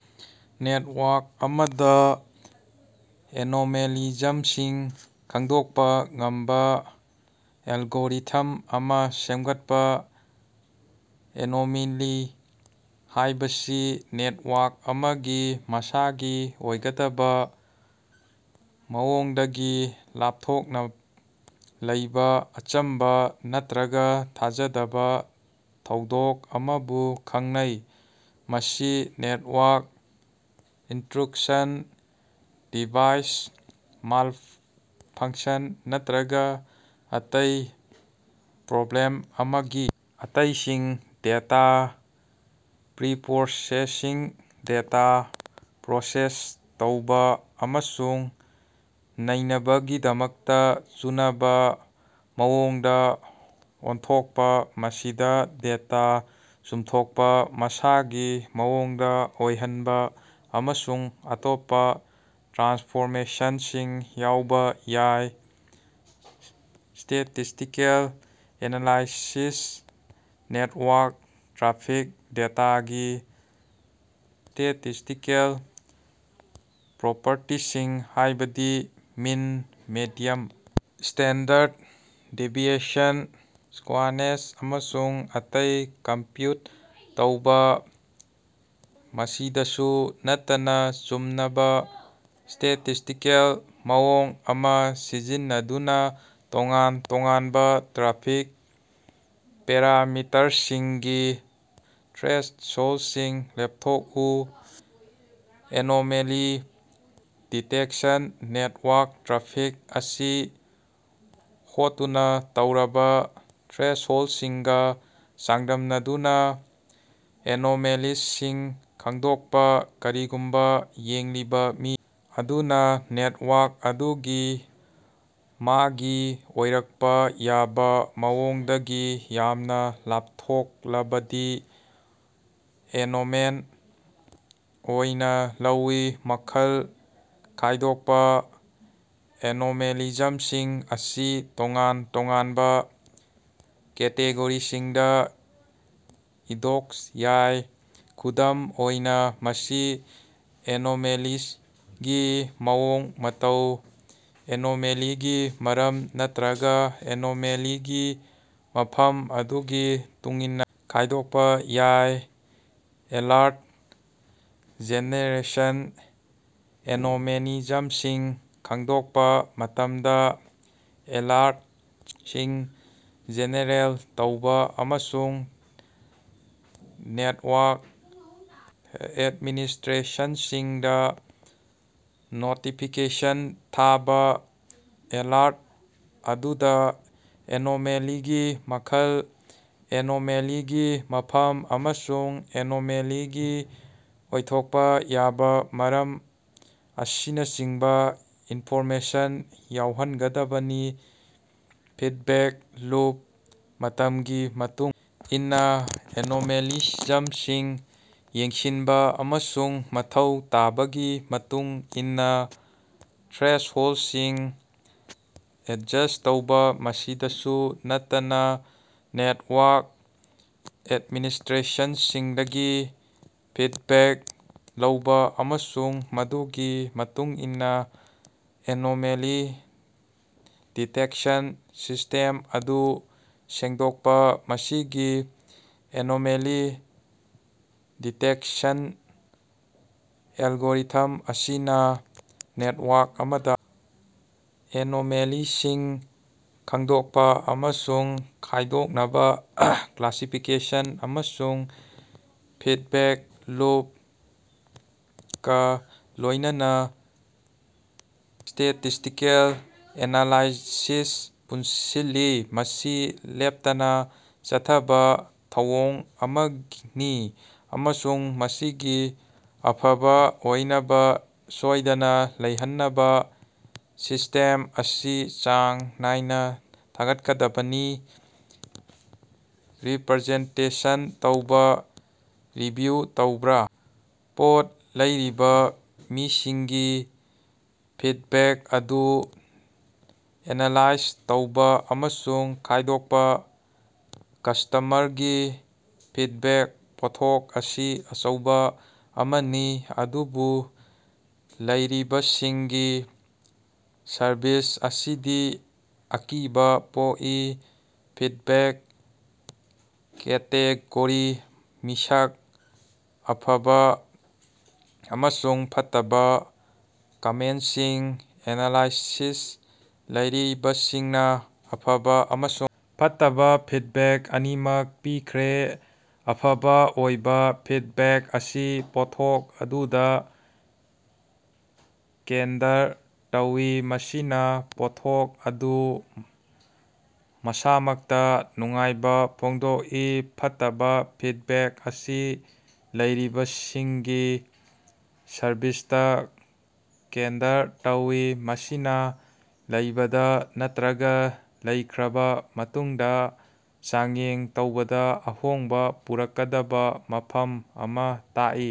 Network ꯑꯃꯗ ꯑꯦꯅꯣꯃꯦꯂꯤꯖꯝꯁꯤꯡ ꯈꯪꯗꯣꯛꯄ ꯉꯝꯕ ꯑꯦꯜꯒꯣꯔꯤꯊꯝ ꯑꯃ ꯁꯦꯝꯒꯠꯄ ꯫ ꯑꯦꯅꯣꯃꯦꯂꯤ ꯍꯥꯢꯕꯁꯤ ꯅꯦꯠꯋꯥꯔꯛ ꯑꯃꯒꯤ ꯃꯁꯥꯒꯤ ꯑꯣꯏꯒꯗꯕ ꯃꯑꯣꯡꯗꯒꯤ ꯂꯥꯞꯊꯣꯛꯅ ꯂꯩꯕꯥ ꯑꯆꯝꯕ ꯅꯠꯇ꯭ꯔꯒ ꯊꯥꯖꯗꯕ ꯊꯧꯗꯣꯛ ꯑꯃꯕꯨ ꯈꯪꯅꯩ꯫ ꯃꯁꯤ ꯅꯦꯠꯋꯥꯔꯛ ꯏꯅꯇ꯭ꯔꯨꯁꯟ, ꯗꯤꯚꯥꯏꯁ ꯃꯥꯜꯐꯡꯁꯟ ꯅꯠꯇ꯭ꯔꯒ ꯑꯇꯩ ꯄ꯭ꯔꯣꯕ꯭ꯂꯦꯝ ꯑꯃꯒꯤ ꯑꯇꯩꯁꯤꯡ꯫ ꯗꯦꯇꯥ ꯄ꯭ꯔꯤꯄ꯭ꯔꯣꯁꯦꯁꯤꯡ ꯗꯦꯇꯥ ꯄ꯭ꯔꯣꯁꯦꯁ ꯇꯧꯕꯥ ꯑꯃꯁꯨꯡ ꯅꯩꯅꯕꯒꯤꯗꯃꯛꯇ ꯆꯨꯅꯕ ꯃꯑꯣꯡꯗ ꯑꯣꯟꯊꯣꯛꯄ꯫ ꯃꯁꯤꯗ ꯗꯦꯇꯥ ꯆꯨꯝꯊꯣꯛꯄ, ꯃꯁꯥꯒꯤ ꯃꯑꯣꯡꯗ ꯑꯣꯏꯍꯟꯕ ꯑꯃꯁꯨꯡ ꯑꯇꯣꯞꯄ ꯇ꯭ꯔꯥꯟꯁꯐꯣꯔꯃꯦꯁꯟꯁꯤꯡ ꯌꯥꯎꯕ ꯌꯥꯏ꯫ ꯁ꯭ꯇꯦꯇꯤꯁꯇꯤꯀꯦꯜ ꯑꯦꯅꯥꯂꯥꯏꯁꯤꯁ ꯅꯦꯇꯋꯥꯔꯛ ꯇ꯭ꯔꯥꯐꯤꯛ ꯗꯦꯇꯥꯒꯤ ꯁ꯭ꯇꯦꯇꯤꯁꯇꯤꯀꯦꯜ ꯄ꯭ꯔꯣꯄꯔꯇꯤꯁꯤꯡ ꯍꯥꯢꯕꯗꯤ mean, median, standard deviation, skewness ꯑꯃꯁꯨꯡ ꯑꯇꯩ ꯀꯝꯄ꯭ꯌꯨꯠ ꯇꯧꯕꯥ꯫ ꯃꯁꯤꯗꯁꯨ ꯅꯠꯇꯅ ꯆꯨꯅꯕ ꯁ꯭ꯇꯦꯇꯤꯁꯇꯤꯀꯦꯜ ꯃꯑꯣꯡ ꯑꯃ ꯁꯤꯖꯤꯟꯅꯗꯨꯅ ꯇꯣꯉꯥꯟ-ꯇꯣꯉꯥꯟꯕ ꯇ꯭ꯔꯥꯐꯤꯛ ꯄꯦꯔꯥꯃꯤꯇꯔꯁꯤꯡꯒꯤ ꯊ꯭ꯔꯦꯁꯍꯣꯜꯗꯁꯤꯡ ꯂꯦꯞꯊꯣꯛꯎ꯫ ꯑꯦꯅꯣꯃꯦꯂꯤ ꯗꯤꯇꯦꯛꯁꯟ ꯅꯦꯠꯋꯥꯔꯛ ꯇ꯭ꯔꯥꯐꯤꯛ ꯑꯁꯤ ꯍꯣꯠꯇꯨꯅ ꯇꯧꯔꯕ ꯊ꯭ꯔꯦꯁꯍꯣꯜꯗꯁꯤꯡꯒ ꯆꯥꯡꯗꯝꯅꯗꯨꯅ ꯑꯦꯅꯣꯃꯦꯂꯤꯁꯤꯡ ꯈꯪꯗꯣꯛꯄ꯫ ꯀꯔꯤꯒꯨꯝꯕ ꯌꯦꯡꯂꯤꯕ ꯃꯤ ꯑꯗꯨꯅ ꯅꯦꯠꯋꯥꯔꯛ ꯑꯗꯨꯒꯤ ꯃꯥꯒꯤ ꯑꯣꯏꯔꯛꯄ ꯌꯥꯕ ꯃꯑꯣꯡꯗꯒꯤ ꯌꯥꯝꯅ ꯂꯥꯞꯊꯣꯛꯂꯕꯗꯤ ꯑꯦꯅꯣꯃꯦꯜ ꯑꯣꯏꯅ ꯂꯧꯏ꯫ ꯃꯈꯜ ꯈꯥꯏꯗꯣꯛꯄ: ꯑꯦꯅꯣꯃꯦꯂꯤꯖꯝꯁꯤꯡ ꯑꯁꯤ ꯇꯣꯉꯥꯟ ꯇꯣꯉꯥꯟꯕ ꯀꯦꯇꯦꯒꯣꯔꯤꯁꯤꯡꯗ ꯏꯗꯣꯛꯄ ꯌꯥꯏ꯫ ꯈꯨꯗꯝ ꯑꯣꯏꯅ ꯃꯁꯤ ꯑꯦꯅꯣꯃꯦꯂꯤꯒꯤ ꯃꯑꯣꯡ-ꯃꯇꯧ, ꯑꯦꯅꯣꯃꯦꯂꯤꯒꯤ ꯃꯔꯝ ꯅꯠꯇ꯭ꯔꯒꯥ ꯑꯦꯅꯣꯃꯦꯂꯤꯒꯤ ꯃꯐꯝ ꯑꯗꯨꯒꯤ ꯃꯇꯨꯡꯏꯟꯅ ꯈꯥꯏꯗꯣꯛꯄ ꯌꯥꯏ꯫ ꯑꯦꯂꯔꯠ ꯖꯦꯅꯦꯔꯦꯁꯟ: ꯑꯦꯅꯣꯃꯦꯂꯤꯖꯝꯁꯤꯡ ꯈꯡꯗꯣꯛꯄ ꯃꯇꯝꯗ ꯑꯦꯂꯔꯇꯁꯤꯡ ꯖꯦꯅꯦꯔꯦꯠ ꯇꯧꯕꯥ ꯑꯃꯁꯨꯡ ꯅꯦꯇꯋꯥꯔꯛ ꯑꯦꯗꯃꯤꯅꯤꯁꯇ꯭ꯔꯦꯇꯔꯁꯤꯡꯗ ꯅꯣꯇꯤꯐꯤꯀꯦꯁꯟ ꯊꯥꯕꯥ꯫ ꯑꯦꯂꯔꯠ ꯑꯗꯨꯗ ꯑꯦꯅꯣꯃꯦꯂꯤꯒꯤ ꯃꯈꯜ, ꯑꯦꯅꯣꯃꯦꯂꯤꯒꯤ ꯃꯐꯝ ꯑꯃꯁꯨꯡ ꯑꯦꯅꯣꯃꯦꯂꯤꯒꯤ ꯑꯣꯏꯊꯣꯛꯄ ꯌꯥꯕ ꯃꯔꯝ ꯑꯁꯤꯅꯆꯤꯡꯕ ꯏꯟꯐꯣꯔꯃꯦꯁꯟ ꯌꯥꯎꯍꯟꯒꯗꯕꯅꯤ꯫ ꯐꯤꯗꯕꯦꯛ ꯂꯨꯞ ꯃꯇꯝꯒꯤ ꯃꯇꯨꯡ ꯏꯟꯅ ꯑꯦꯅꯣꯃꯦꯂꯤꯖꯝꯁꯤꯡ ꯌꯦꯡꯁꯤꯟꯕ ꯑꯃꯁꯨꯡ ꯃꯊꯧ ꯇꯥꯕꯒꯤ ꯃꯇꯨꯡ ꯏꯟꯅ ꯊ꯭ꯔꯦꯁꯍꯣꯜꯗꯁꯤꯡ ꯑꯦꯗꯖꯁ꯭ꯠ ꯇꯧꯕꯥ꯫ ꯃꯁꯤꯗꯁꯨ ꯅꯠꯇꯅ ꯅꯦꯠꯋꯥꯔꯛ ꯑꯦꯗꯃꯤꯅꯤꯁꯇ꯭ꯔꯦꯇꯔꯁꯤꯡꯗꯒꯤ ꯐꯤꯗꯕꯦꯛ ꯂꯧꯕ ꯑꯃꯁꯨꯡ ꯃꯗꯨꯒꯤ ꯃꯇꯨꯡꯏꯟꯅ ꯑꯦꯅꯣꯃꯦꯂꯤ ꯗꯤꯇꯦꯛꯁꯟ ꯁꯤꯁꯇꯦꯝ ꯑꯗꯨ ꯁꯦꯡꯗꯣꯛꯄ ꯫ ꯃꯁꯤꯒꯤ ꯑꯦꯅꯣꯃꯦꯂꯤ ꯗꯤꯇꯦꯛꯇꯦꯁꯟ ꯑꯦꯜꯒꯣꯔꯤꯊꯝ ꯑꯁꯤꯅ ꯅꯦꯠꯋꯥꯔꯛ ꯑꯃꯗ ꯑꯦꯅꯣꯃꯦꯂꯤꯁꯤꯡ ꯈꯡꯗꯣꯛꯄ ꯑꯃꯁꯨꯡ ꯈꯥꯏꯗꯣꯛꯅꯕ ꯀ꯭ꯂꯥꯁꯤꯐꯤꯀꯦꯁꯟ ꯑꯃꯁꯨꯡ ꯐꯤꯗꯕꯦꯛ ꯂꯨꯞꯀ ꯂꯣꯢꯅꯥꯅ ꯁ꯭ꯇꯦꯇꯤꯁꯇꯤꯀꯦꯜ ꯑꯦꯅꯥꯂꯥꯏꯁꯤꯁ ꯄꯨꯟꯁꯤꯜꯂꯤ꯫ ꯃꯁꯤ ꯂꯦꯞꯇꯅ ꯆꯠꯊꯕ ꯊꯧꯑꯣꯡ ꯑꯃꯅꯤ ꯑꯃꯁꯨꯡ ꯃꯁꯤꯒꯤ ꯑꯐꯕ ꯑꯣꯏꯅꯕ ꯁꯣꯢꯗꯅ ꯂꯩꯍꯟꯅꯕ ꯁꯤꯁꯇꯦꯝ ꯑꯁꯤ ꯆꯥꯡ ꯅꯥꯏꯅ ꯊꯥꯒꯠꯀꯗꯕꯅꯤ ꯫ ꯔꯤꯄ꯭ꯔꯖꯦꯟꯇꯦꯁꯟ ꯇꯧꯕꯥ꯫ ꯔꯤꯚꯤꯌꯨ ꯇꯧꯕ꯭ꯔ ꯄꯣꯠ ꯂꯩꯔꯤꯕ ꯃꯤꯁꯤꯡꯒꯤ ꯐꯤꯗꯕꯦꯛ ꯑꯗꯨ ꯑꯦꯅꯥꯂꯥꯏꯖ ꯇꯧꯕꯥ ꯑꯃꯁꯨꯡ ꯈꯥꯏꯗꯣꯛꯄ ꯫ ꯀꯁꯇꯃꯔꯒꯤ ꯐꯤꯗꯕꯦꯛ: ꯄꯣꯠꯊꯣꯛ ꯑꯁꯤ ꯑꯆꯧꯕꯥ ꯑꯃꯅꯤ ꯑꯗꯨꯕꯨ ꯂꯩꯔꯤꯕꯁꯤꯡꯒꯤ ꯁꯔꯕꯤꯁ ꯑꯁꯤꯗꯤ ꯑꯀꯤꯕꯥ ꯄꯣꯛꯏ꯫ ꯐꯤꯗꯕꯦꯛ ꯀꯦꯇꯦꯒꯣꯔꯤ: ꯃꯤꯛꯁ (ꯑꯐꯕ ꯑꯃꯁꯨꯡ ꯐꯠꯇꯕ ꯀꯃꯦꯟꯇꯁꯤꯡ) ꯑꯦꯅꯥꯂꯥꯏꯁꯤꯁ: ꯂꯩꯔꯤꯕꯁꯤꯡꯅ ꯑꯐꯕ ꯑꯃꯁꯨꯡ ꯐꯠꯇꯕ ꯐꯤꯗꯕꯦꯛ ꯑꯅꯤꯃꯛ ꯄꯤꯈ꯭ꯔꯦ꯫ ꯑꯐꯕ ꯑꯣꯏꯕ ꯐꯤꯗꯕꯦꯛ ꯑꯁꯤ ꯄꯣꯠꯊꯣꯛ ꯑꯗꯨꯗ ꯀꯦꯟꯗꯔ ꯇꯧꯏ, ꯃꯁꯤꯅꯥ ꯄꯣꯠꯊꯣꯛ ꯑꯗꯨ ꯃꯁꯥꯃꯛꯇ ꯅꯨꯡꯉꯥꯏꯕ ꯐꯣꯡꯗꯣꯛꯏ꯫ ꯐꯠꯇꯕ ꯐꯤꯗꯕꯦꯛ ꯑꯁꯤ ꯂꯩꯔꯤꯕꯁꯤꯡꯒꯤ ꯁꯔꯚꯤꯁꯇ ꯀꯦꯟꯗꯔ ꯇꯧꯏ ꯃꯁꯤꯅꯥ ꯂꯩꯕꯗ ꯅꯠꯇ꯭ꯔꯒ ꯂꯩꯈ꯭ꯔꯕ ꯃꯇꯨꯡꯗ ꯆꯥꯡꯌꯦꯡ ꯇꯧꯕꯗ ꯑꯍꯣꯡꯕ ꯄꯨꯔꯛꯀꯗꯕ ꯃꯐꯝ ꯑꯃ ꯇꯥꯛꯏ꯫